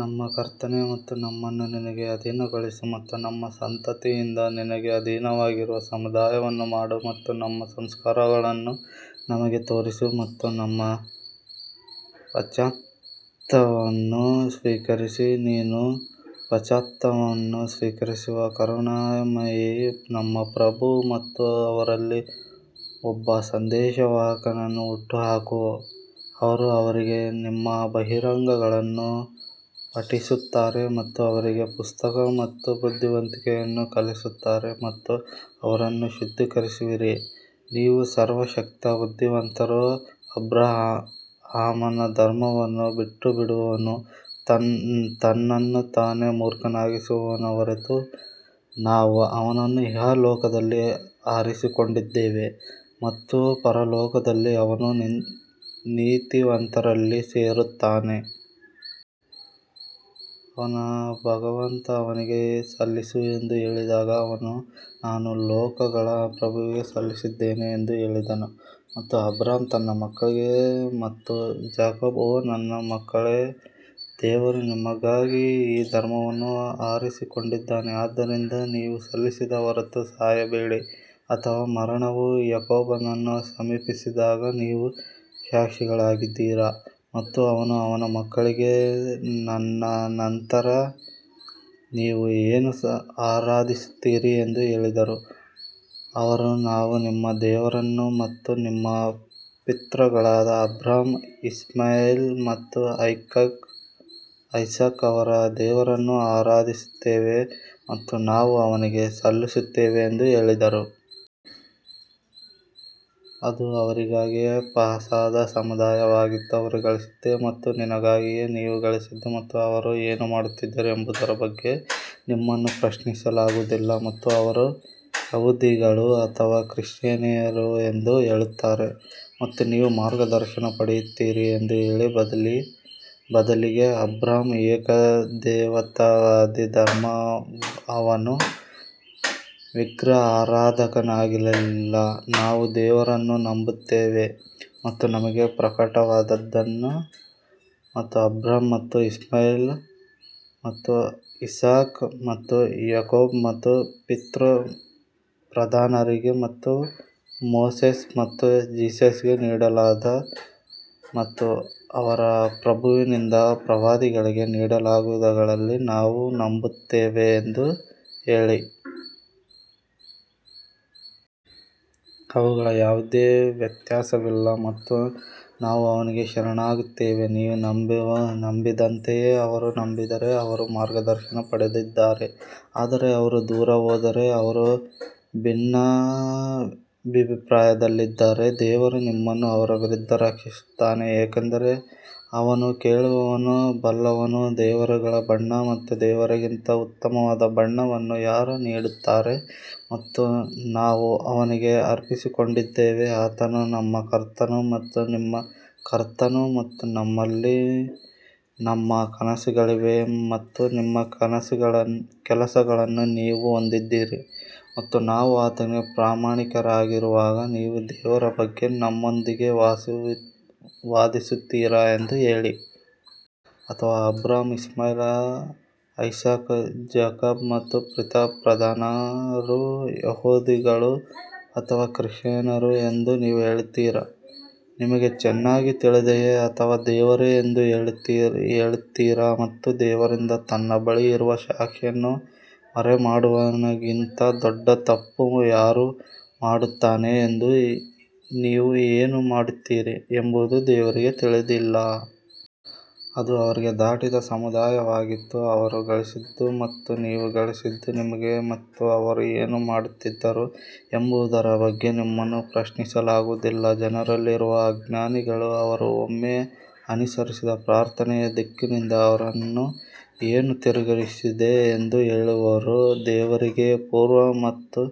ನಮ್ಮ ಕರ್ತನೇ ಮತ್ತು ನಮ್ಮನ್ನು ನಿನಗೆ ಅಧೀನಗೊಳಿಸು ಮತ್ತು ನಮ್ಮ ಸಂತತಿಯಿಂದ ನಿನಗೆ ಅಧೀನವಾಗಿರುವ ಸಮುದಾಯವನ್ನು ಮಾಡು ಮತ್ತು ನಮ್ಮ ಸಂಸ್ಕಾರಗಳನ್ನು ನಮಗೆ ತೋರಿಸಿ ಮತ್ತು ನಮ್ಮ ಪಶ್ಚಾತ್ತಾಪವನ್ನು ಸ್ವೀಕರಿಸಿ ನೀನು ಪಶ್ಚಾತ್ತಾಪವನ್ನು ಸ್ವೀಕರಿಸುವ ಕರುಣಾಮಯಿ ನಮ್ಮ ಪ್ರಭು ಮತ್ತು ಅವರಲ್ಲಿ ಒಬ್ಬ ಸಂದೇಶವಾಹಕನನ್ನು ಹುಟ್ಟುಹಾಕು, ಅವರು ಅವರಿಗೆ ನಿಮ್ಮ ಬಹಿರಂಗಗಳನ್ನು ಪಠಿಸುತ್ತಾರೆ ಮತ್ತು ಅವರಿಗೆ ಪುಸ್ತಕ ಮತ್ತು ಬುದ್ಧಿವಂತಿಕೆಯನ್ನು ಕಲಿಸುತ್ತಾರೆ ಮತ್ತು ಅವರನ್ನು ಶುದ್ಧೀಕರಿಸುವಿರಿ, ನೀವು ಸರ್ವಶಕ್ತ ಬುದ್ಧಿವಂತರು ಅಬ್ರಹಾಮನ ಧರ್ಮವನ್ನು ಬಿಟ್ಟುಬಿಡುವವನು ತನ್ನನ್ನು ತಾನೇ ಮೂರ್ಖನಾಗಿಸುವವನ ಹೊರತು ನಾವು ಅವನನ್ನು ಇಹಲೋಕದಲ್ಲಿ ಆರಿಸಿಕೊಂಡಿದ್ದೇವೆ ಮತ್ತು ಪರಲೋಕದಲ್ಲಿ ಅವನು ನೀತಿವಂತರಲ್ಲಿ ಸೇರುತ್ತಾನೆ. ಅವನ ಭಗವಂತ ಅವನಿಗೆ ಸಲ್ಲಿಸು ಎಂದು ಹೇಳಿದಾಗ ಅವನು ನಾನು ಲೋಕಗಳ ಪ್ರಭುವಿಗೆ ಸಲ್ಲಿಸಿದ್ದೇನೆ ಎಂದು ಹೇಳಿದನು ಮತ್ತು ಅಬ್ರಹಾಂ ತನ್ನ ಮಕ್ಕಳಿಗೆ ಮತ್ತು ಜಾಕೋಬ್ ಓ ನನ್ನ ಮಕ್ಕಳೇ ದೇವರು ನಿಮಗಾಗಿ ಈ ಧರ್ಮವನ್ನು ಆರಿಸಿಕೊಂಡಿದ್ದಾನೆ ಆದ್ದರಿಂದ ನೀವು ಸಲ್ಲಿಸದ ಹೊರತು ಸಾಯಬೇಡಿ ಅಥವಾ ಮರಣವು ಯಾಕೋಬನನ್ನು ಸಮೀಪಿಸಿದಾಗ ನೀವು ಸಾಕ್ಷಿಗಳಾಗಿದ್ದೀರಾ ಮತ್ತು ಅವನು ಅವನ ಮಕ್ಕಳಿಗೆ ನನ್ನ ನಂತರ ನೀವು ಏನು ಆರಾಧಿಸುತ್ತೀರಿ ಎಂದು ಹೇಳಿದರು ಅವರು ನಾವು ನಿಮ್ಮ ದೇವರನ್ನು ಮತ್ತು ನಿಮ್ಮ ಪಿತೃಗಳಾದ ಅಬ್ರಹಾಂ ಇಸ್ಮಾಯೆಲ್ ಮತ್ತು ಐಸಾಕ್ ಅವರ ದೇವರನ್ನು ಆರಾಧಿಸುತ್ತೇವೆ ಮತ್ತು ನಾವು ಅವನಿಗೆ ಸಲ್ಲಿಸುತ್ತೇವೆ ಎಂದು ಹೇಳಿದರು. ಅದು ಅವರಿಗಾಗಿ ಪಾಸಾದ ಸಮುದಾಯವಾಗಿತ್ತು ಅವರು ಗಳಿಸಿದ್ದೇ ಮತ್ತು ನಿನಗಾಗಿಯೇ ನೀವು ಗಳಿಸಿದ್ದು ಮತ್ತು ಅವರು ಏನು ಮಾಡುತ್ತಿದ್ದರು ಎಂಬುದರ ಬಗ್ಗೆ ನಿಮ್ಮನ್ನು ಪ್ರಶ್ನಿಸಲಾಗುವುದಿಲ್ಲ. ಮತ್ತು ಅವರು ಯಹೂದಿಗಳು ಅಥವಾ ಕ್ರಿಶ್ಚಿಯನ್ನರು ಎಂದು ಹೇಳುತ್ತಾರೆ ಮತ್ತು ನೀವು ಮಾರ್ಗದರ್ಶನ ಪಡೆಯುತ್ತೀರಿ ಎಂದು ಹೇಳಿ ಬದಲಿಗೆ ಅಬ್ರಹಾಂ ಏಕದೇವತಾವಾದಿ ಧರ್ಮ ಅವನು ವಿಗ್ರಹಾರಾಧಕನಾಗಿರಲಿಲ್ಲ ನಾವು ದೇವರನ್ನು ನಂಬುತ್ತೇವೆ ಮತ್ತು ನಮಗೆ ಪ್ರಕಟವಾದದ್ದನ್ನು ಮತ್ತು ಅಬ್ರಹಾಂ ಮತ್ತು ಇಸ್ಮಾಯೆಲ್ ಮತ್ತು ಇಸಾಕ್ ಮತ್ತು ಯಾಕೋಬ್ ಮತ್ತು ಪಿತೃಪ್ರಧಾನರಿಗೆ ಮತ್ತು ಮೋಸೆಸ್ ಮತ್ತು ಜೀಸಸ್ಗೆ ನೀಡಲಾದ ಮತ್ತು ಅವರ ಪ್ರಭುವಿನಿಂದ ಪ್ರವಾದಿಗಳಿಗೆ ನೀಡಲಾದವುಗಳಲ್ಲಿ ನಾವು ನಂಬುತ್ತೇವೆ ಎಂದು ಹೇಳಿ. ಅವುಗಳಲ್ಲಿ ಯಾವುದೇ ವ್ಯತ್ಯಾಸವಿಲ್ಲ ಮತ್ತು ನಾವು ಅವನಿಗೆ ಶರಣಾಗುತ್ತೇವೆ ನೀವು ನಂಬಿದಂತೆಯೇ ಅವರು ನಂಬಿದರೆ ಅವರು ಮಾರ್ಗದರ್ಶನ ಪಡೆದಿದ್ದಾರೆ ಆದರೆ ಅವರು ದೂರ ಹೋದರೆ ಅವರು ಭಿನ್ನಾಭಿಪ್ರಾಯದಲ್ಲಿದ್ದರೆ ದೇವರು ನಿಮ್ಮನ್ನು ಅವರ ವಿರುದ್ಧ ರಕ್ಷಿಸುತ್ತಾನೆ ಏಕೆಂದರೆ ಅವನು ಕೇಳುವವನು ಬಲ್ಲವನು ದೇವರುಗಳ ಬಣ್ಣ ಮತ್ತು ದೇವರಿಗಿಂತ ಉತ್ತಮವಾದ ಬಣ್ಣವನ್ನು ಯಾರು ನೀಡುತ್ತಾರೆ ಮತ್ತು ನಾವು ಅವನಿಗೆ ಅರ್ಪಿಸಿಕೊಂಡಿದ್ದೇವೆ ಆತನು ನಮ್ಮ ಕರ್ತನು ಮತ್ತು ನಿಮ್ಮ ಕರ್ತನು ಮತ್ತು ನಮ್ಮಲ್ಲಿ ನಮ್ಮ ಕೆಲಸಗಳಿವೆ ಮತ್ತು ನಿಮ್ಮ ಕೆಲಸಗಳನ್ನು ನೀವು ಹೊಂದಿದ್ದೀರಿ ಮತ್ತು ನಾವು ಆತನಿಗೆ ಪ್ರಾಮಾಣಿಕರಾಗಿರುವಾಗ ನೀವು ದೇವರ ಬಗ್ಗೆ ನಮ್ಮೊಂದಿಗೆ ವಾದಿಸುತ್ತೀರಾ ಎಂದು ಹೇಳಿ. ಅಥವಾ ಅಬ್ರಹಾಂ ಇಸ್ಮಾಯೆಲ್ ಐಸಾಕ್ ಜೇಕಬ್ ಮತ್ತು ಪಿತೃಪ್ರಧಾನರು ಯಹೂದಿಗಳು ಅಥವಾ ಕ್ರಿಶ್ಚಿಯನ್ನರು ಎಂದು ನೀವು ಹೇಳುತ್ತೀರಾ, ನಿಮಗೆ ಚೆನ್ನಾಗಿ ತಿಳಿದಿದೆಯೇ ಅಥವಾ ದೇವರೇ ಎಂದು ಹೇಳುತ್ತೀರಾ ಮತ್ತು ದೇವರಿಂದ ತನ್ನ ಬಳಿ ಇರುವ ಸಾಕ್ಷಿಯನ್ನು ಮರೆಮಾಡುವವನಿಗಿಂತ ದೊಡ್ಡ ತಪ್ಪು ಯಾರು ಮಾಡುತ್ತಾನೆ ಎಂದು ನೀವು ಏನು ಮಾಡುತ್ತೀರಿ ಎಂಬುದು ದೇವರಿಗೆ ತಿಳಿದಿಲ್ಲ. ಅದು ಅವರಿಗೆ ದಾಟಿದ ಸಮುದಾಯವಾಗಿತ್ತು ಅವರು ಗಳಿಸಿದ್ದು ಮತ್ತು ನೀವು ಗಳಿಸಿದ್ದು ನಿಮಗೆ ಮತ್ತು ಅವರು ಏನು ಮಾಡುತ್ತಿದ್ದರು ಎಂಬುದರ ಬಗ್ಗೆ ನಿಮ್ಮನ್ನು ಪ್ರಶ್ನಿಸಲಾಗುವುದಿಲ್ಲ. ಜನರಲ್ಲಿರುವ ಅಜ್ಞಾನಿಗಳು ಅವರು ಒಮ್ಮೆ ಅನುಸರಿಸಿದ ಪ್ರಾರ್ಥನೆಯ ದಿಕ್ಕಿನಿಂದ ಅವರನ್ನು ಏನು ತಿರುಗಿಸಿದೆ ಎಂದು ಹೇಳುವರು, ದೇವರಿಗೆ ಪೂರ್ವ ಮತ್ತು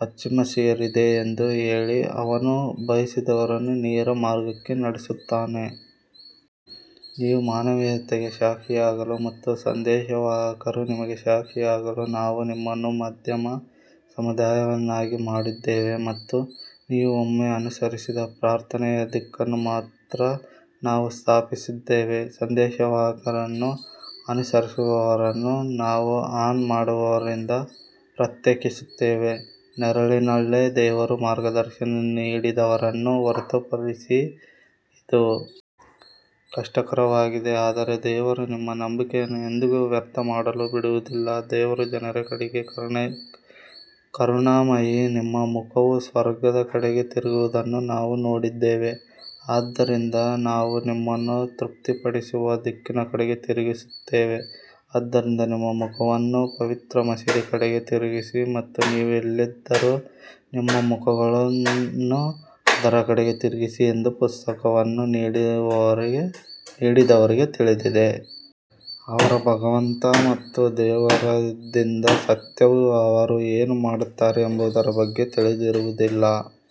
ಪಶ್ಚಿಮ ಸೇರಿದೆ ಎಂದು ಹೇಳಿ ಅವನು ಬಯಸಿದವರನ್ನು ನೇರ ಮಾರ್ಗಕ್ಕೆ ನಡೆಸುತ್ತಾನೆ. ನೀವು ಮಾನವೀಯತೆಗೆ ಸಾಕ್ಷಿಯಾಗಲು ಮತ್ತು ಸಂದೇಶವಾಹಕರು ನಿಮಗೆ ಸಾಕ್ಷಿಯಾಗಲು ನಾವು ನಿಮ್ಮನ್ನು ಮಧ್ಯಮ ಸಮುದಾಯವನ್ನಾಗಿ ಮಾಡಿದ್ದೇವೆ ಮತ್ತು ನೀವು ಒಮ್ಮೆ ಅನುಸರಿಸಿದ ಪ್ರಾರ್ಥನೆಯ ದಿಕ್ಕನ್ನು ಮಾತ್ರ ನಾವು ಸ್ಥಾಪಿಸಿದ್ದೇವೆ, ಸಂದೇಶವಾಹಕರನ್ನು ಅನುಸರಿಸುವವರನ್ನು ನಾವು ಆನ್ ಮಾಡುವವರಿಂದ ಪ್ರತ್ಯೇಕಿಸುತ್ತೇವೆ. ನೆರಳಿನಲ್ಲೇ ದೇವರು ಮಾರ್ಗದರ್ಶನ ನೀಡಿದವರನ್ನು ಹೊರತುಪಡಿಸಿ ಇದು ಕಷ್ಟಕರವಾಗಿದೆ ಆದರೆ ದೇವರು ನಿಮ್ಮ ನಂಬಿಕೆಯನ್ನು ಎಂದಿಗೂ ವ್ಯರ್ಥ ಮಾಡಲು ಬಿಡುವುದಿಲ್ಲ ದೇವರು ಜನರ ಕಡೆಗೆ ಕರುಣಾಮಯಿ ನಿಮ್ಮ ಮುಖವು ಸ್ವರ್ಗದ ಕಡೆಗೆ ತಿರುಗಿರುವುದನ್ನು ನಾವು ನೋಡಿದ್ದೇವೆ ಆದ್ದರಿಂದ ನಾವು ನಿಮ್ಮನ್ನು ತೃಪ್ತಿಪಡಿಸುವ ದಿಕ್ಕಿನ ಕಡೆಗೆ ತಿರುಗಿಸುತ್ತೇವೆ ಆದ್ದರಿಂದ ನಿಮ್ಮ ಮುಖವನ್ನು ಪವಿತ್ರ ಮಸೀದಿಯ ಕಡೆಗೆ ತಿರುಗಿಸಿ ಮತ್ತು ನೀವು ಎಲ್ಲಿದ್ದರೂ ನಿಮ್ಮ ಮುಖಗಳನ್ನು ಅದರ ಕಡೆಗೆ ತಿರುಗಿಸಿ ಎಂದು ಪುಸ್ತಕವನ್ನು ನೀಡಿದವರಿಗೆ ತಿಳಿದಿದೆ. ಅವರ ಭಗವಂತ ಮತ್ತು ದೇವರಿಂದ ಸತ್ಯವು ಅವರು ಏನು ಮಾಡುತ್ತಾರೆ ಎಂಬುದರ ಬಗ್ಗೆ ತಿಳಿದಿರುವುದಿಲ್ಲ.